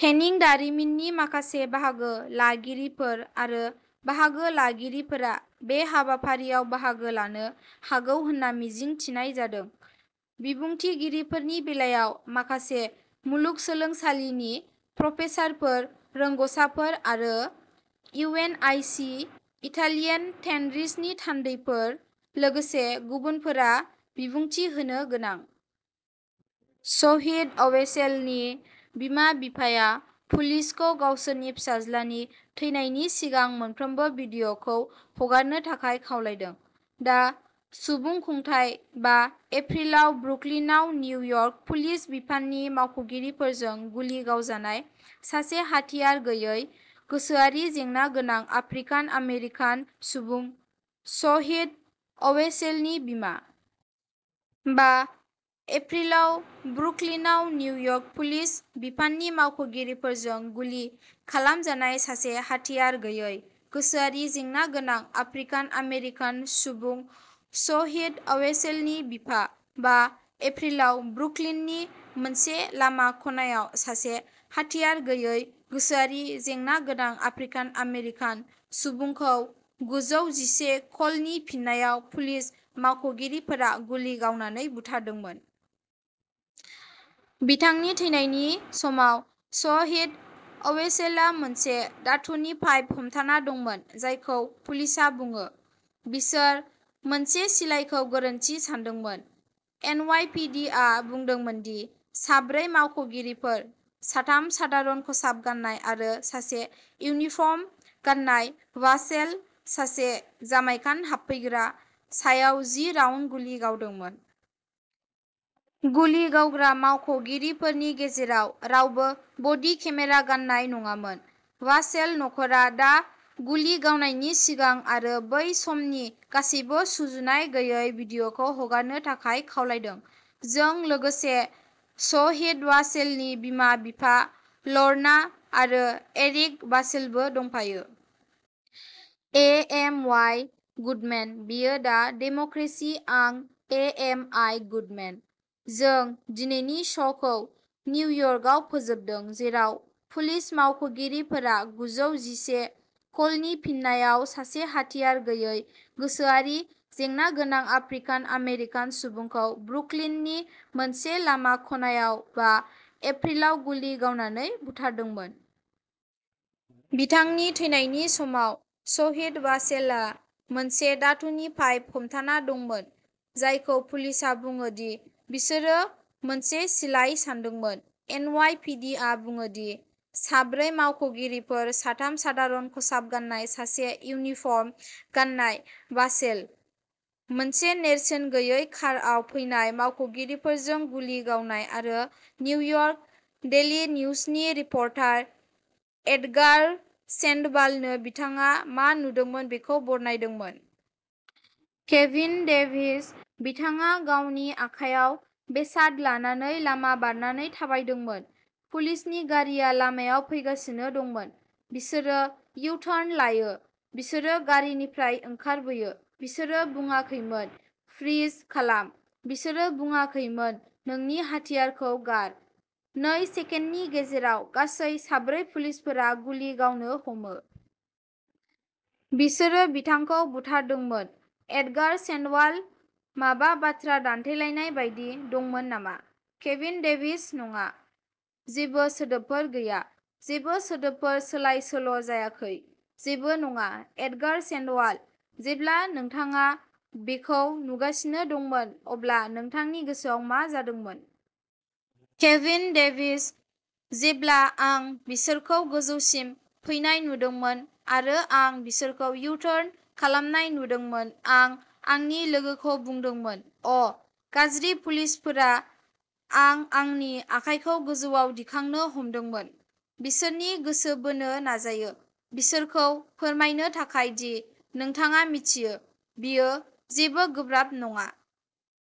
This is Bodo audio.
टेनिं दारिमिननि माखासे बाहागो लागिरिफोर आरो बाहागो लागिरिफोरा बे हाबाफारियाव बाहागो लानो हागौ होनना मिजिं थिनाय जादों। बिबुंथिगिरिफोरनि बेलायाव, माखासे मुलुगसोलोंसालिनि प्रफेसारफोर, रोंग'साफोर आरो इउ. एन. आइ. सि.-इटालियान टेनरिसनि थान्दैफोर, लोगोसे गुबुनफोरा बिबुंथि होनो गोनां। शहीद अवेसेलनि बिमा-बिफाया पुलिसखौ गावसोरनि फिसाज्लानि थैनायनि सिगां मोनफ्रोमबो भिडिअखौ हगारनो थाखाय खावलायदों। दा सुबुंखुंथाइ बा एप्रिलाव ब्रुकलिनआव निउयर्क पुलिस बिफाननि मावख'गिरिफोरजों गुलि गावजानाय सासे हाथियार गैयै, गोसोआरि जेंना गोनां आफ्रिकान-आमेरिकान सुबुं शहीद अवेसेलनि बिमा। बा एप्रिलाव ब्रुकलिनआव निउयर्क पुलिस बिफाननि मावख'गिरिफोरजों गुलि खालामजानाय सासे हाथियार गैयै, गोसोआरि जेंना गोनां आफ्रिकान-आमेरिकान सुबुं शहीद अवेसेलनि बिफा। बा एप्रिलाव ब्रुकलिननि मोनसे लामा खनायाव सासे हाथियार गैयै, गोसोआरि जेंना गोनां आफ्रिकान-आमेरिकान सुबुंखौ गुजौ जिसे कलनि फिननायाव पुलिस मावख'गिरिफोरा गुलि गावनानै बुथारदोंमोन। बिथांनि थैनायनि समाव, शहीद अवेसेलआ मोनसे धातुनि पाइप हमथाना दंमोन जायखौ पुलिसआ बुङो। बिसोर मोनसे सिलाइखौ गोरोन्थि सानदोंमोन। एन. अवाइ. पि. दि. आ बुंदोंमोन दि साब्रै मावख'गिरिफोर-साथाम सादारन खसाब गान्नाय आरो सासे इउनिफर्म गाननाय-भासेल, सासे जामाइकान हाबफैग्रा, सायाव जि राउन्ड गुलि गावदोंमोन। गुलि गावग्रा मावख'गिरिफोरनि गेजेराव रावबो बडि केमेरा गाननाय नङामोन। भासेल नखरा दा गुलि गावनायनि सिगां आरो बै समनि गासैबो सुजुनाय गैयै भिडिअखौ हगारनो थाखाय खावलायदों। जों लोगोसे सहिद भासेलनि बिमा-बिफा, ल'रना आरो एरिक भासेलबो दंफायो। ए. एम. अवाइ. गुडमेन बेयो दा डेम'क्रेसि आं ए. एम. आइ. गुडमेन। जों दिनैनि श'खौ निउयर्कआव फोजोबदों, जेराव पुलिस मावख'गिरिफोरा गुजौ जिसे कलनि फिननायाव सासे हाथियार गैयै, गोसोआरि जेंना गोनां आफ्रिकान-आमेरिकान सुबुंखौ ब्रुकलिननि मोनसे लामा खनायाव बा एप्रिलाव गुलि गावनानै बुथारदोंमोन। बिथांनि थैनायनि समाव, सहिद भासेलआ मोनसे धातुनि पाइप हमथाना दंमोन जायखौ पुलिसआ बुङो दि बिसोरो मोनसे सिलाइ सानदोंमोन। एन. अवाइ. पि. दि. आ बुङो दि साब्रै मावख'गिरिफोर-साथाम सादारन खसाब गान्नाय, सासे इउनिफर्म गाननाय-भासेल, मोनसे नेरसोन गैयै कारआव फैनाय मावख'गिरिफोरजों गुलि गावनाय, आरो निउयर्क डेइलि निउजनि रिपर्टार एडगार सेन्ड'भालनो बिथाङा मा नुदोंमोन बेखौ बरनायदोंमोन। केभिन डेभिस बिथाङा गावनि आखायाव बेसाद लानानै लामा बारनानै थाबायदोंमोन। पुलिसनि गारिआ लामायाव फैगासिनो दंमोन। बिसोरो इउ-टार्न लायो बिसोरो गारिनिफ्राय ओंखारबोयो। बिसोरो बुङाखैमोन, "फ्रिज खालाम।" बिसोरो बुङाखैमोन, "नोंनि हाथियारखौ गार।" नै सेकेन्डनि गेजेराव, गासै साब्रै पुलिसफोरा गुलि गावनो हमो। बिसोरो बिथांखौ बुथारदोंमोन। एडगार सेन्ड'वाल माबा बाथ्रा दान्थेलायनाय बायदि दंमोन नामा? केभिन डेभिस नङा, जेबो सोदोबफोर गैया। जेबो सोदोबफोर सोलाय-सोल'जायाखै। जेबो नङा। एडगार सेन्ड'वाल जेब्ला नोंथाङा बेखौ नुगासिनो दंमोन, अब्ला नोंथांनि गोसोआव मा जादोंमोन? केभिन डेभिस जेब्ला आं बिसोरखौ गोजौसिम फैनाय नुदोंमोन आरो आं बिसोरखौ इउ-टार्न खालामनाय नुदोंमोन, आं आंनि लोगोखौ बुंदोंमोन, "अ, गाज्रि पुलिसफोरा" आं आंनि आखाइखौ गोजौआव दिखांनो हमदोंमोन, बिसोरनि गोसो बोनो नाजायो, बिसोरखौ फोरमायनो थाखाय दि, नोंथाङा मिथियो, बेयो जेबो गोब्राब नङा।